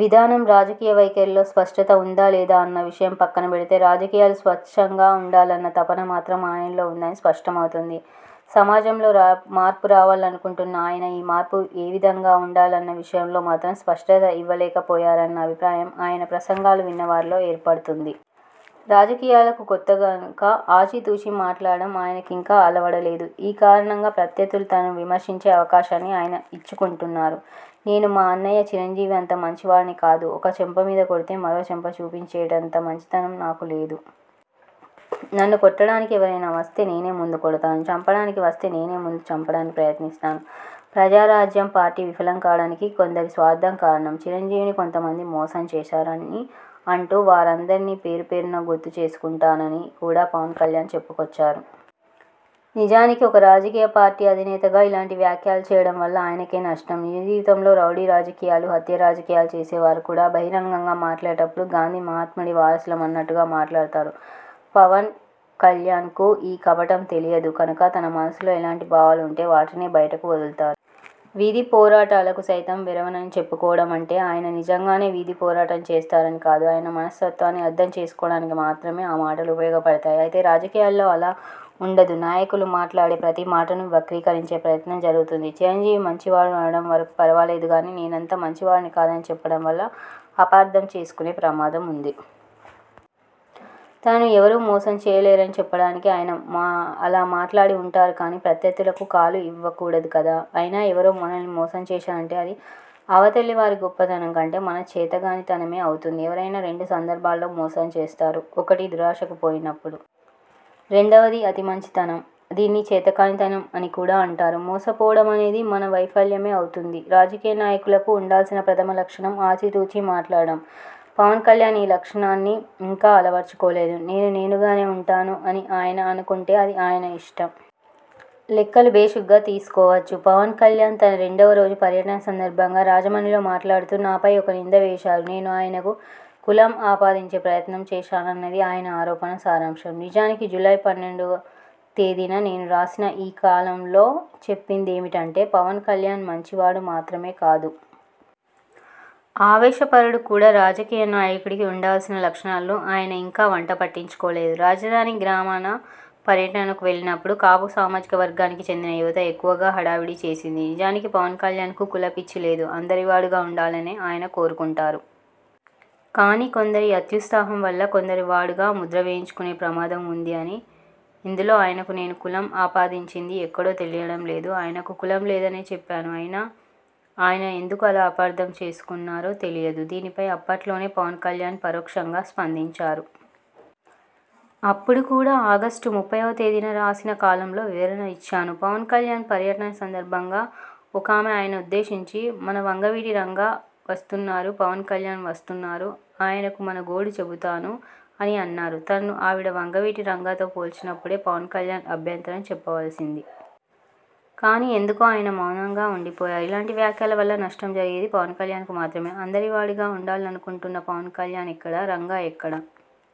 విధానం, రాజకీయ వైఖరిలో స్పష్టత ఉందా? లేదా? అన్న విషయం పక్కన పెడితే, రాజకీయాలు స్వచ్ఛంగా ఉండాలన్న తపన మాత్రం ఆయనలో ఉందని స్పష్టమవుతోంది. సమాజంలో మార్పు రావాలనుకుంటున్న ఆయన ఆ మార్పు ఏ విధంగా ఉండాలన్న విషయంలో మాత్రం స్పష్టత ఇవ్వలేక పోయారన్న అభిప్రాయం ఆయన ప్రసంగాలు విన్న వారిలో ఏర్పడుతోంది. రాజకీయాలకు కొత్త కనుక ఆచి తూచి మాట్లాడటం ఆయనకు ఇంకా అలవడలేదు. ఈ కారణంగా ప్రత్యర్థులు తనను విమర్శించే అవకాశాన్ని ఆయన ఇచ్చుకుంటున్నారు. ''నేను మా అన్నయ్య చిరంజీవి అంత మంచివాడిని కాదు, ఒక చెంప మీద కొడితే మరో చెంప చూపించేటంత మంచితనం నాకు లేదు. నన్ను కొట్టడానికి ఎవరైనా వస్తే నేనే ముందు కొడతాను. చంపడానికి వస్తే నేను ముందు చంపడానికి ప్రయత్నిస్తాను. ప్రజారాజ్యం పార్టీ విఫలం కావడానికి కొందరి స్వార్థం కారణం. చిరంజీవిని కొంతమంది మోసం చేశారు'' అని అంటూ వారందరినీ పేరు పేరునా గుర్తు చేసుకుంటానని కూడా పవన్ కల్యాణ్ చెప్పుకొచ్చారు. నిజానికి ఒక రాజకీయ పార్టీ అధినేతగా ఇలాంటి వ్యాఖ్యాలు చేయడం వల్ల ఆయనకే నష్టం. నిజ జీవితంలో రౌడీ రాజకీయాలు, హత్యా రాజకీయాలు చేసేవారు కూడా బహిరంగంగా మాట్లాడేటప్పుడు గాంధీ మహాత్ముడి వారసులం అన్నట్టుగా మాట్లాడతారు. పవన్ కల్యాణ్కు ఈ కపటం తెలియదు కనుక తన మనస్సులో ఎలాంటి భావాలు ఉంటే వాటినే బయటకు వదులుతా వీధి పోరాటాలకు సైతం వెరవనని చెప్పుకోవడం అంటే ఆయన నిజంగానే వీధి పోరాటం చేస్తారని కాదు. ఆయన మనస్తత్వాన్ని అర్థం చేసుకోవడానికి మాత్రమే ఆ మాటలు ఉపయోగపడతాయి. అయితే రాజకీయాలలో అలా ఉండదు. నాయకులు మాట్లాడే ప్రతీ మాటను వక్రీకరించే ప్రయత్నం జరుగుతుంది. చిరంజీవి మంచివాడు అనడం వరకు ఫర్వాలేదు గానీ, నేను అంత మంచివాడిని కాదని చెప్పడం వల్ల అపార్థం చేసుకునే ప్రమాదం ఉంది. తాను ఎవరూ మోసం చేయలేరని చెప్పడానికి ఆయన మా అలా మాట్లాడి ఉంటారు. కానీ ప్రత్యర్థులకు కాలు ఇవ్వకూడదు కదా! అయినా ఎవరో మనల్ని మోసం చేశారంటే అది అవతలివారి గొప్పతనం కంటే మన చేతకానితనమే అవుతుంది. ఎవరైనా రెండు సందర్భాలలో మోసం చేస్తారు. ఒకటి, దురాశకు పోయినప్పుడు. రెండవది, అతి మంచితనం. దీన్ని చేతకానితనం అని కూడా అంటారు. మోసపోవడం అనేది మన వైఫల్యమే అవుతుంది. రాజకీయ నాయకులకు ఉండాల్సిన ప్రథమ లక్షణం ఆచి తూచి మాట్లాడటం! పవన్ కల్యాణ్ ఈ లక్షణాన్ని ఇంకా అలవర్చుకోలేదు. నేను నేనుగానే ఉంటాను అని ఆయన అనుకుంటే అది ఆయన ఇష్టం! లెక్కలు భేషుగ్గా తీసుకోవచ్చు! పవన్ కల్యాణ్ తన రెండవ రోజు పర్యటన సందర్భంగా రాజమండ్రిలో మాట్లాడుతూ, నాపై ఒక నింద వేశారు. నేను ఆయనకు కులం ఆపాదించే ప్రయత్నం చేశానన్నది ఆయన ఆరోపణ సారాంశం. నిజానికి జూలై పన్నెండు తేదీన నేను రాసిన ఈ కాలమ్లో చెప్పిందేమిటంటే, ''పవన్ కల్యాణ్ మంచివాడు మాత్రమే కాదు. ఆవేశపరుడు కూడా. రాజకీయ నాయకుడికి ఉండవలసిన లక్షణాలను ఆయన ఇంకా వంట బట్టించుకోలేదు. రాజధాని గ్రామాల పర్యటనకు వెళ్లినప్పుడు కాపు సామాజిక వర్గానికి చెందిన యువత ఎక్కువగా హడావుడి చేసింది. నిజానికి పవన్ కల్యాణ్కు కుల పిచ్చి లేదు. అందరి వాడుగా ఉండాలనే ఆయన కోరుకుంటారు. కానీ కొందరి అత్యుత్సాహం వల్ల కొందరి వాడుగా ముద్ర వేయించుకునే ప్రమాదం ఉంది అని! ఇందులో ఆయనకు నేను కులం ఆపాదించింది ఎక్కడో తెలియడం లేదు. ఆయనకు కులం లేదనే చెప్పాను. అయినా ఆయన ఎందుకు అలా అపార్థం చేసుకున్నారో తెలియదు. దీనిపై అప్పట్లోనే పవన్ కల్యాణ్ పరోక్షంగా స్పందించారు. అప్పుడు కూడా, ఆగస్టు ముప్పైవ తేదీన రాసిన కాలమ్లో వివరణ ఇచ్చాను. ''పవన్ కల్యాణ్ పర్యటన సందర్భంగా ఒకామె ఆయనను ఉద్దేశించి, 'మన వంగవీటి రంగా వస్తున్నారు. పవన్ కల్యాణ్ వస్తున్నారు. ఆయనకు మన గోడు చెబుతాను' అని అన్నారు. తనను ఆవిడ వంగవీటి రంగాతో పోల్చినప్పుడే పవన్ కల్యాణ్ అభ్యంతరం చెప్పవలసింది. కానీ ఎందుకో ఆయన మౌనంగా ఉండిపోయారు. ఇలాంటి వ్యాఖ్యల వల్ల నష్టం జరిగేది పవన్ కల్యాణ్కు మాత్రమే! అందరి వాడిగా ఉండాలనుకుంటున్న పవన్ కల్యాణ్ ఎక్కడ? రంగా ఎక్కడ?